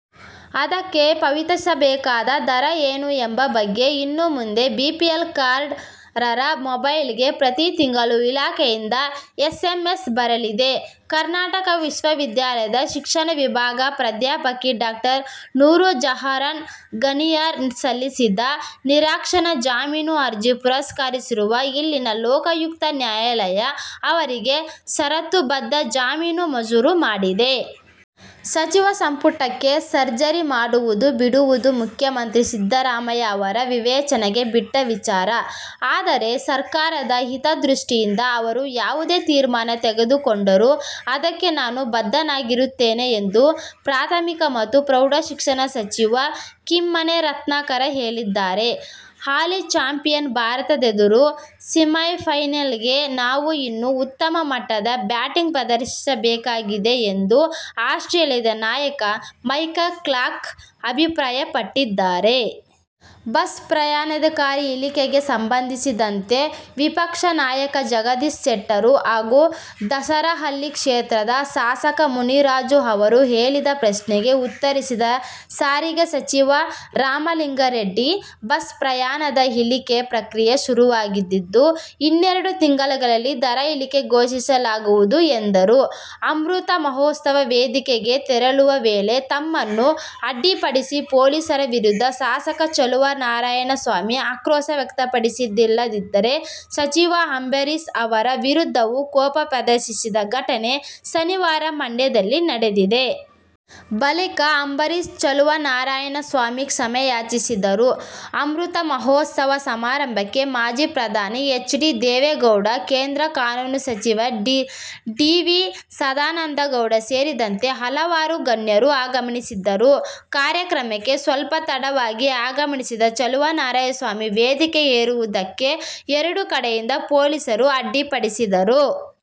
ಅದಕ್ಕೆ ಪಾವತಿಸಬೇಕಾದ ದರ ಏನು ಎಂಬ ಬಗ್ಗೆ ಇನ್ನು ಮುಂದೆ ಬಿಪಿಎಲ್ ಕಾರ್ಡ್ದಾರರ ಮೊಬೈಲ್ಗೆ ಪ್ರತಿ ತಿಂಗಳು ಇಲಾಖೆಯಿಂದ ಎಸ್ಎಂಎಸ್ ಬರಲಿದೆ. ಕರ್ನಾಟಕ ವಿಶ್ವವಿದ್ಯಾಲಯದ ಶಿಕ್ಷಣ ವಿಭಾಗದ ಪ್ರಾಧ್ಯಾಪಕಿ ಡಾ ನೂರಜಹಾನ್ ಘನಿಯಾರ್ ಸಲ್ಲಿಸಿದ್ದ ನಿರೀಕ್ಷಣಾ ಜಾಮೀನು ಅರ್ಜಿ ಪುರಸ್ಕರಿಸಿರುವ ಇಲ್ಲಿನ ಲೋಕಾಯುಕ್ತ ನ್ಯಾಯಾಲಯ ಅವರಿಗೆ ಷರತ್ತುಬದ್ಧ ಜಾಮೀನು ಮಂಜೂರು ಮಾಡಿದೆ. ಸಚಿವ ಸಂಪುಟಕ್ಕೆ ಸರ್ಜರಿ ಮಾಡುವುದು ಬಿಡುವುದು ಮುಖ್ಯಮಂತ್ರಿ ಸಿದ್ದರಾಮಯ್ಯ ಅವರ ವಿವೇಚನೆಗೆ ಬಿಟ್ಟ ವಿಚಾರ. ಆದರೆ, ಸರ್ಕಾರದ ಹಿತದೃಷ್ಟಿಯಿಂದ ಅವರು ಯಾವುದೇ ತೀರ್ಮಾನ ತೆಗೆದುಕೊಂಡರೂ ಅದಕ್ಕೆ ನಾನು ಬದ್ಧನಾಗಿರುತ್ತೇನೆ ಎಂದು ಪ್ರಾಥಮಿಕ ಮತ್ತು ಪ್ರೌಢ ಶಿಕ್ಷಣ ಸಚಿವ ಕಿಮ್ಮನೆ ರತ್ನಾಕರ ಹೇಳಿದ್ದಾರೆ. ಹಾಲಿ ಚಾಂಪಿಯನ್ ಭಾರತದೆದುರಿನ ಸೆಮಿಫೈನಲ್ನಲ್ಲಿ ನಾವು ಇನ್ನೂ ಉತ್ತಮ ಮಟ್ಟದ ಬ್ಯಾಟಿಂಗ್ ಪ್ರದರ್ಶಿಸಬೇಕಿದೆ ಎಂದು ಆಸ್ಟ್ರೇಲಿಯದ ನಾಯಕ ಮೈಕಲ್ ಕ್ಲಾರ್ಕ್ ಅಭಿಪ್ರಾಯಪಟ್ಟಿದ್ದಾರೆ. ಬಸ್ ಪ್ರಯಾಣದರ ಇಳಿಕೆಗೆ ಸಂಬಂಧಿಸಿದಂತೆ ವಿಪಕ್ಷ ನಾಯಕ ಜಗದೀಶ್ ಶೆಟ್ಟರ್ ಹಾಗೂ ದಾಸರಹಳ್ಳಿ ಕ್ಷೇತ್ರದ ಶಾಸಕ ಮುನಿರಾಜು ಅವರು ಕೇಳಿದ ಪ್ರಶ್ನೆಗೆ ಉತ್ತರಿಸಿದ ಸಾರಿಗೆ ಸಚಿವ ರಾಮಲಿಂಗಾರೆಡ್ಡಿ, ಬಸ್ ಪ್ರಯಾಣದರ ಇಳಿಗೆ ಪ್ರಕ್ರಿಯೆ ಶುರುವಾಗಿದ್ದು, ಇನ್ನೆರಡು ದಿನಗಳಲ್ಲಿ ದರ ಇಳಿಕೆ ಘೋಷಿಸಲಾಗುವುದು ಎಂದರು. ಅಮೃತ ಮಹೋತ್ಸವ ವೇದಿಕೆಗೆ ತೆರಳುವ ವೇಳೆ ತಮ್ಮನ್ನು ಅಡ್ಡಿಪಡಿಸಿದ ಪೊಲೀಸರ ವಿರುದ್ಧ ಶಾಸಕ ಚಲುವರಾಯಸ್ವಾಮಿ ಆಕ್ರೋಶ ವ್ಯಕ್ತಪಡಿಸಿದ್ದಲ್ಲದೆ, ಸಚಿವ ಅಂಬರೀಶ್ ಅವರ ವಿರುದ್ಧವೂ ಕೋಪ ಪ್ರದರ್ಶಿಸಿದ ಘಟನೆ ಶನಿವಾರ ಮಂಡ್ಯದಲ್ಲಿ ನಡೆದಿದೆ. ಬಳಿಕ, ಅಂಬರೀಶ್ ಚಲುವರಾಯಸ್ವಾಮಿಯ ಕ್ಷಮೆಯಾಚಿಸಿದರು. ಅಮೃತ ಮಹೋತ್ಸವ ಸಮಾರಂಭಕ್ಕೆ ಮಾಜಿ ಪ್ರಧಾನಿ ಎಚ್. ಡಿ. ದೇವೇಗೌಡ, ಕೇಂದ್ರ ಕಾನೂನು ಸಚಿವ ಡಿ. ವಿ. ಸದಾನಂದಗೌಡ ಸೇರಿದಂತೆ ಹಲವು ಗಣ್ಯರು ಆಗಮಿಸಿದ್ದರು. ಕಾರ್ಯಕ್ರಮಕ್ಕೆ ಸ್ವಲ್ಪ ತಡವಾಗಿ ಆಗಮಿಸಿದ ಚಲುವರಾಯಸ್ವಾಮಿ ವೇದಿಕೆ ಏರುವುದಕ್ಕೆ ಎರಡೂ ಕಡೆಯಿಂದ ಪೊಲೀಸರು ಅಡ್ಡಿಪಡಿಸಿದರು.